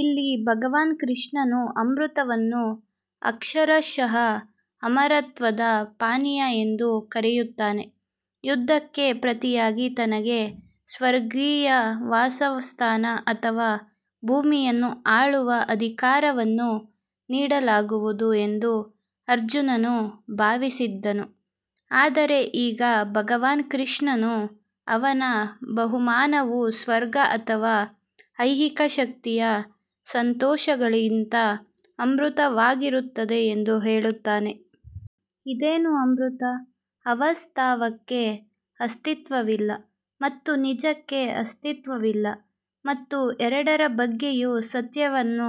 ಇಲ್ಲಿ ಭಗವಾನ್ ಕೃಷ್ಣನು ಅಮೃತವನ್ನು ಅಕ್ಷರಶಃ ಅಮರತ್ವದ ಪಾನೀಯ ಎಂದು ಕರೆಯುತ್ತಾನೆ. ಯುದ್ಧಕ್ಕೆ ಪ್ರತಿಯಾಗಿ ತನಗೆ ಸ್ವರ್ಗೀಯ ವಾಸಸ್ಥಾನ ಅಥವಾ ಭೂಮಿಯನ್ನು ಆಳುವ ಅಧಿಕಾರವನ್ನು ನೀಡಲಾಗುವುದು ಎಂದು ಅರ್ಜುನನು ಭಾವಿಸಿದ್ದನು. ಆದರೆ ಈಗ ಭಗವಾನ್ ಕೃಷ್ಣನು ಅವನ ಬಹುಮಾನವು ಸ್ವರ್ಗ ಅಥವಾ ಐಹಿಕ ಶಕ್ತಿಯ ಸಂತೋಷಗಳಿಗಿಂತ ಅಮೃತವಾಗಿರುತ್ತದೆ ಎಂದು ಹೇಳುತ್ತಾನೆ. ಇದೇನು ಅಮೃತ. ಅವಾಸ್ತವಕ್ಕೆ ಅಸ್ತಿತ್ವವಿಲ್ಲ ಮತ್ತು ನಿಜಕ್ಕೆ ಅಸ್ತಿತ್ವವಿಲ್ಲ ಮತ್ತು ಎರಡರ ಬಗ್ಗೆಯೂ ಸತ್ಯವನ್ನು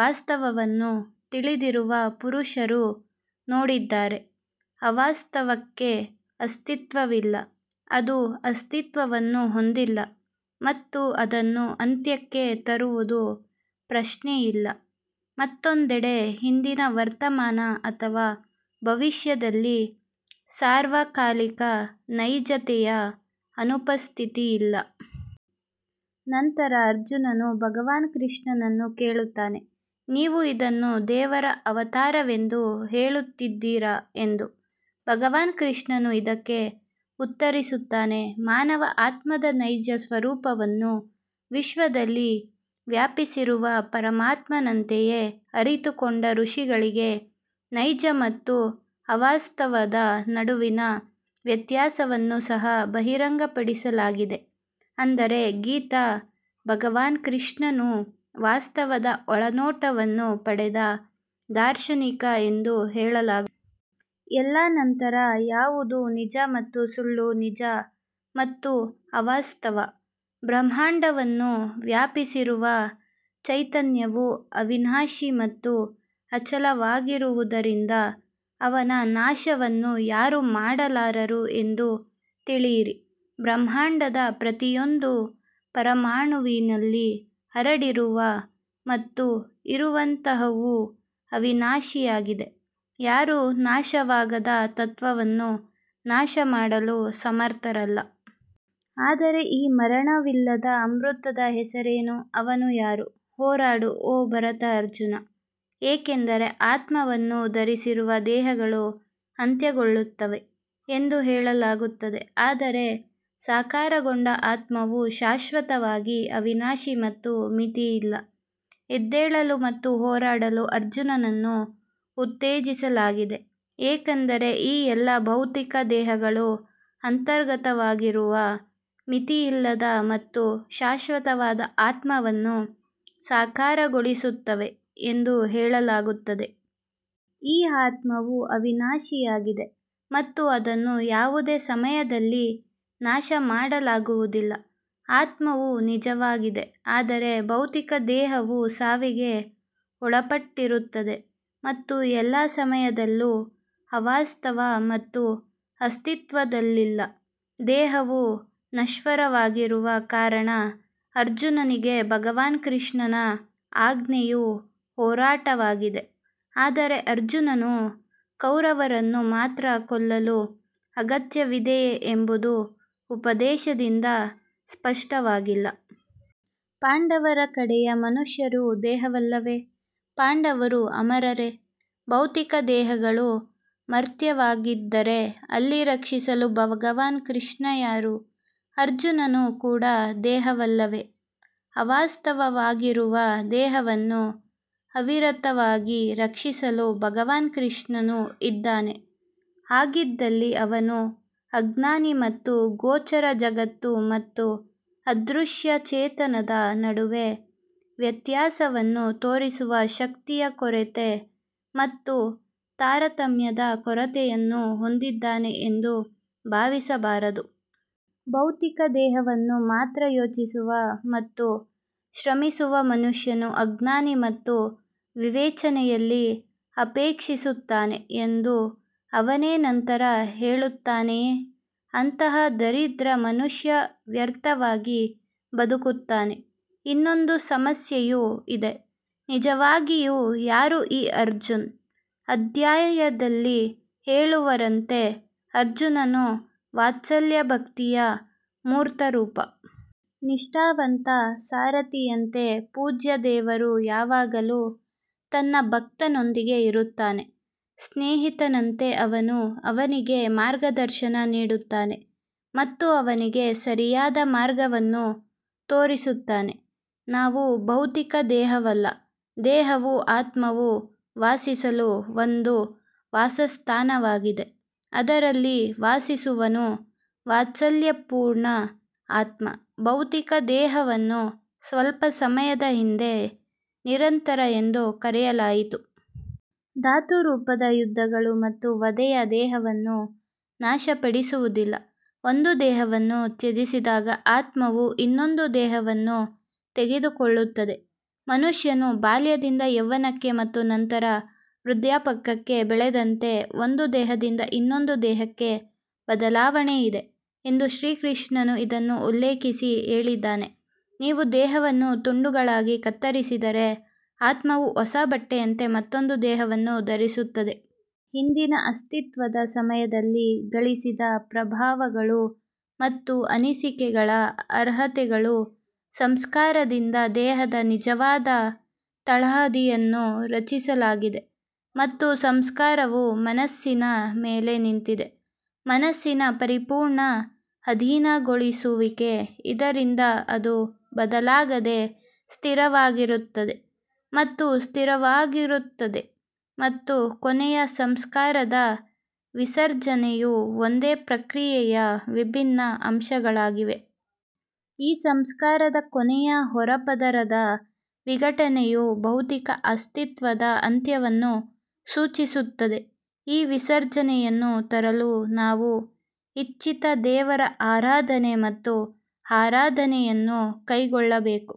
ವಾಸ್ತವವನ್ನು ತಿಳಿದಿರುವ ಪುರುಷರು ನೋಡಿದ್ದಾರೆ. ಅವಾಸ್ತವಕ್ಕೆ ಅಸ್ತಿತ್ವವಿಲ್ಲ ಅದು ಅಸ್ತಿತ್ವವನ್ನು ಹೊಂದಿಲ್ಲ ಮತ್ತು ಅದನ್ನು ಅಂತ್ಯಕ್ಕೆ ತರುವುದು ಪ್ರಶ್ನೆಯಿಲ್ಲ. ಮತ್ತೊಂದೆಡೆ ಹಿಂದಿನ ವರ್ತಮಾನ ಅಥವಾ ಭವಿಷ್ಯದಲ್ಲಿ ಸಾರ್ವಕಾಲಿಕ ನೈಜತೆಯ ಅನುಪಸ್ಥಿತಿಯಿಲ್ಲ. ನಂತರ ಅರ್ಜುನನು ಭಗವಾನ್ ಕೃಷ್ಣನನ್ನು ಕೇಳುತ್ತಾನೆ ನೀವು ಇದನ್ನು ದೇವರ ಅವತಾರವೆಂದು ಹೇಳುತ್ತಿದ್ದೀರಾ ಎಂದು. ಭಗವಾನ್ ಕೃಷ್ಣನು ಇದಕ್ಕೆ ಉತ್ತರಿಸುತ್ತಾನೆ ಮಾನವ ಆತ್ಮದ ನೈಜ ಸ್ವರೂಪವನ್ನು ವಿಶ್ವದಲ್ಲಿ ವ್ಯಾಪಿಸಿರುವ ಪರಮಾತ್ಮನಂತೆಯೇ ಅರಿತುಕೊಂಡ ಋಷಿಗಳಿಗೆ ನೈಜ ಮತ್ತು ಅವಾಸ್ತವದ ನಡುವಿನ ವ್ಯತ್ಯಾಸವನ್ನು ಸಹ ಬಹಿರಂಗಪಡಿಸಲಾಗಿದೆ. ಅಂದರೆ ಗೀತಾ ಭಗವಾನ್ ಕೃಷ್ಣನು ವಾಸ್ತವದ ಒಳನೋಟವನ್ನು ಪಡೆದ ದಾರ್ಶನಿಕ ಎಂದು ಹೇಳಲಾಗುತ್ತದೆ. ಎಲ್ಲಾ ನಂತರ ಯಾವುದು ನಿಜ ಮತ್ತು ಸುಳ್ಳು ನಿಜ ಮತ್ತು ಅವಾಸ್ತವ. ಬ್ರಹ್ಮಾಂಡವನ್ನು ವ್ಯಾಪಿಸಿರುವ ಚೈತನ್ಯವು ಅವಿನಾಶಿ ಮತ್ತು ಅಚಲವಾಗಿರುವುದರಿಂದ ಅವನ ನಾಶವನ್ನು ಯಾರೂ ಮಾಡಲಾರರು ಎಂದು ತಿಳಿಯಿರಿ. ಬ್ರಹ್ಮಾಂಡದ ಪ್ರತಿಯೊಂದು ಪರಮಾಣುವಿನಲ್ಲಿ ಹರಡಿರುವ ಮತ್ತು ಇರುವಂತಹವು ಅವಿನಾಶಿಯಾಗಿದೆ. ಯಾರೂ ನಾಶವಾಗದ ತತ್ವವನ್ನು ನಾಶಮಾಡಲು ಸಮರ್ಥರಲ್ಲ. ಆದರೆ ಈ ಮರಣವಿಲ್ಲದ ಅಮೃತದ ಹೆಸರೇನು. ಅವನು ಯಾರು. ಹೋರಾಡು ಓ ಭರತ ಅರ್ಜುನ. ಏಕೆಂದರೆ ಆತ್ಮವನ್ನು ಧರಿಸಿರುವ ದೇಹಗಳು ಅಂತ್ಯಗೊಳ್ಳುತ್ತವೆ ಎಂದು ಹೇಳಲಾಗುತ್ತದೆ ಆದರೆ ಸಾಕಾರಗೊಂಡ ಆತ್ಮವು ಶಾಶ್ವತವಾಗಿ ಅವಿನಾಶಿ ಮತ್ತು ಮಿತಿಯಿಲ್ಲ. ಎದ್ದೇಳಲು ಮತ್ತು ಹೋರಾಡಲು ಅರ್ಜುನನನ್ನು ಉತ್ತೇಜಿಸಲಾಗಿದೆ ಏಕೆಂದರೆ ಈ ಎಲ್ಲಾ ಭೌತಿಕ ದೇಹಗಳು ಅಂತರ್ಗತವಾಗಿರುವ ಮಿತಿಯಿಲ್ಲದ ಮತ್ತು ಶಾಶ್ವತವಾದ ಆತ್ಮವನ್ನು ಸಾಕಾರಗೊಳಿಸುತ್ತವೆ ಎಂದು ಹೇಳಲಾಗುತ್ತದೆ. ಈ ಆತ್ಮವು ಅವಿನಾಶಿಯಾಗಿದೆ ಮತ್ತು ಅದನ್ನು ಯಾವುದೇ ಸಮಯದಲ್ಲಿ ನಾಶಮಾಡಲಾಗುವುದಿಲ್ಲ. ಆತ್ಮವು ನಿಜವಾಗಿದೆ ಆದರೆ ಭೌತಿಕ ದೇಹವು ಸಾವಿಗೆ ಒಳಪಟ್ಟಿರುತ್ತದೆ ಮತ್ತು ಎಲ್ಲಾ ಸಮಯದಲ್ಲೂ ಅವಾಸ್ತವ ಮತ್ತು ಅಸ್ತಿತ್ವದಲ್ಲಿಲ್ಲ. ದೇಹವು ನಶ್ವರವಾಗಿರುವ ಕಾರಣ ಅರ್ಜುನನಿಗೆ ಭಗವಾನ್ ಕೃಷ್ಣನ ಆಜ್ಞೆಯು ಹೋರಾಟವಾಗಿದೆ. ಆದರೆ ಅರ್ಜುನನು ಕೌರವರನ್ನು ಮಾತ್ರ ಕೊಲ್ಲುವ ಅಗತ್ಯವಿದೆಯೇ ಎಂಬುದು ಉಪದೇಶದಿಂದ ಸ್ಪಷ್ಟವಾಗಿಲ್ಲ. ಪಾಂಡವರ ಕಡೆಯ ಮನುಷ್ಯರೂ ದೇಹವಲ್ಲವೇ. ಪಾಂಡವರು ಅಮರರೇ. ಭೌತಿಕ ದೇಹಗಳು ಮರ್ತ್ಯವಾಗಿದ್ದರೆ ಅಲ್ಲಿ ರಕ್ಷಿಸಲು ಭಗವಾನ್ ಕೃಷ್ಣ ಯಾರು. ಅರ್ಜುನನು ಕೂಡ ದೇಹವಲ್ಲವೇ. ಅವಾಸ್ತವವಾಗಿರುವ ದೇಹವನ್ನು ಅವಿರತವಾಗಿ ರಕ್ಷಿಸಲು ಭಗವಾನ್ ಕೃಷ್ಣನು ಇದ್ದಾನೆ. ಹಾಗಿದ್ದಲ್ಲಿ ಅವನೂ ಅಜ್ಞಾನಿ ಮತ್ತು ಗೋಚರ ಜಗತ್ತು ಮತ್ತು ಅದೃಶ್ಯ ಚೇತನದ ನಡುವೆ ವ್ಯತ್ಯಾಸವನ್ನು ತೋರಿಸುವ ಶಕ್ತಿಯ ಕೊರತೆ ಮತ್ತು ತಾರತಮ್ಯದ ಕೊರತೆಯನ್ನು ಹೊಂದಿದ್ದಾನೆ ಎಂದು ಭಾವಿಸಬಾರದು. ಭೌತಿಕ ದೇಹವನ್ನು ಮಾತ್ರ ಯೋಚಿಸುವ ಮತ್ತು ಶ್ರಮಿಸುವ ಮನುಷ್ಯನು ಅಜ್ಞಾನಿ ಮತ್ತು ವಿವೇಚನೆಯಲ್ಲಿ ಅಪೇಕ್ಷಿಸುತ್ತಾನೆ ಎಂದು ಅವನೇ ನಂತರ ಹೇಳುತ್ತಾನೆಯೇ. ಅಂತಹ ದರಿದ್ರ ಮನುಷ್ಯ ವ್ಯರ್ಥವಾಗಿ ಬದುಕುತ್ತಾನೆ. ಇನ್ನೊಂದು ಸಮಸ್ಯೆಯೂ ಇದೆ. ನಿಜವಾಗಿಯೂ ಯಾರು ಈ ಅರ್ಜುನ್. ಅಧ್ಯಾಯದಲ್ಲಿ ಹೇಳಿರುವಂತೆ ಅರ್ಜುನನು ವಾತ್ಸಲ್ಯ ಭಕ್ತಿಯ ಮೂರ್ತರೂಪ. ನಿಷ್ಠಾವಂತ ಸಾರಥಿಯಂತೆ ಪೂಜ್ಯ ದೇವರು ಯಾವಾಗಲೂ ತನ್ನ ಭಕ್ತನೊಂದಿಗೆ ಇರುತ್ತಾನೆ. ಸ್ನೇಹಿತನಂತೆ ಅವನು ಅವನಿಗೆ ಮಾರ್ಗದರ್ಶನ ನೀಡುತ್ತಾನೆ ಮತ್ತು ಅವನಿಗೆ ಸರಿಯಾದ ಮಾರ್ಗವನ್ನು ತೋರಿಸುತ್ತಾನೆ. ನಾವು ಭೌತಿಕ ದೇಹವಲ್ಲ. ದೇಹವು ಆತ್ಮವು ವಾಸಿಸಲು ಒಂದು ವಾಸಸ್ಥಾನವಾಗಿದೆ. ಅದರಲ್ಲಿ ವಾಸಿಸುವವನು ವಾತ್ಸಲ್ಯಪೂರ್ಣ ಆತ್ಮ. ಭೌತಿಕ ದೇಹವನ್ನು ಸ್ವಲ್ಪ ಸಮಯದ ಹಿಂದೆ ನಿರಂತರ ಎಂದು ಕರೆಯಲಾಯಿತು. ಧಾತುರೂಪದ ಯುದ್ಧಗಳು ಮತ್ತು ವಧೆಯು ದೇಹವನ್ನು ನಾಶಪಡಿಸುವುದಿಲ್ಲ. ಒಂದು ದೇಹವನ್ನು ತ್ಯಜಿಸಿದಾಗ ಆತ್ಮವು ಇನ್ನೊಂದು ದೇಹವನ್ನು ತೆಗೆದುಕೊಳ್ಳುತ್ತದೆ. ಮನುಷ್ಯನು ಬಾಲ್ಯದಿಂದ ಯೌವನಕ್ಕೆ ಮತ್ತು ನಂತರ ವೃದ್ಧಾಪ್ಯಕ್ಕೆ ಬೆಳೆದಂತೆ ಒಂದು ದೇಹದಿಂದ ಇನ್ನೊಂದು ದೇಹಕ್ಕೆ ಬದಲಾವಣೆ ಇದೆ ಎಂದು ಶ್ರೀಕೃಷ್ಣನು ಇದನ್ನು ಉಲ್ಲೇಖಿಸಿ ಹೇಳಿದ್ದಾನೆ. ನೀವು ದೇಹವನ್ನು ತುಂಡುಗಳಾಗಿ ಕತ್ತರಿಸಿದರೆ ಆತ್ಮವು ಹೊಸ ಬಟ್ಟೆಯಂತೆ ಮತ್ತೊಂದು ದೇಹವನ್ನು ಧರಿಸುತ್ತದೆ. ಹಿಂದಿನ ಅಸ್ತಿತ್ವದ ಸಮಯದಲ್ಲಿ ಗಳಿಸಿದ ಪ್ರಭಾವಗಳು ಮತ್ತು ಅನಿಸಿಕೆಗಳ ಅರ್ಹತೆಗಳು ಸಂಸ್ಕಾರದಿಂದ ದೇಹದ ನಿಜವಾದ ತಳಹದಿಯನ್ನು ರಚಿಸಲಾಗಿದೆ. ಮತ್ತು ಸಂಸ್ಕಾರವು ಮನಸ್ಸಿನ ಮೇಲೆ ನಿಂತಿದೆ. ಮನಸ್ಸಿನ ಪರಿಪೂರ್ಣ ಅಧೀನಗೊಳಿಸುವಿಕೆ ಇದರಿಂದ ಅದು ಬದಲಾಗದೆ ಸ್ಥಿರವಾಗಿರುತ್ತದೆ ಮತ್ತು ಸ್ಥಿರವಾಗಿರುತ್ತದೆ ಮತ್ತು ಕೊನೆಯ ಸಂಸ್ಕಾರದ ವಿಸರ್ಜನೆಯು ಒಂದೇ ಪ್ರಕ್ರಿಯೆಯ ವಿಭಿನ್ನ ಅಂಶಗಳಾಗಿವೆ. ಈ ಸಂಸ್ಕಾರದ ಕೊನೆಯ ಹೊರಪದರದ ವಿಘಟನೆಯು ಭೌತಿಕ ಅಸ್ತಿತ್ವದ ಅಂತ್ಯವನ್ನು ಸೂಚಿಸುತ್ತದೆ. ಈ ವಿಸರ್ಜನೆಯನ್ನು ತರಲು ನಾವು ಇಚ್ಛಿತ ದೇವರ ಆರಾಧನೆ ಮತ್ತು ಆರಾಧನೆಯನ್ನು ಕೈಗೊಳ್ಳಬೇಕು.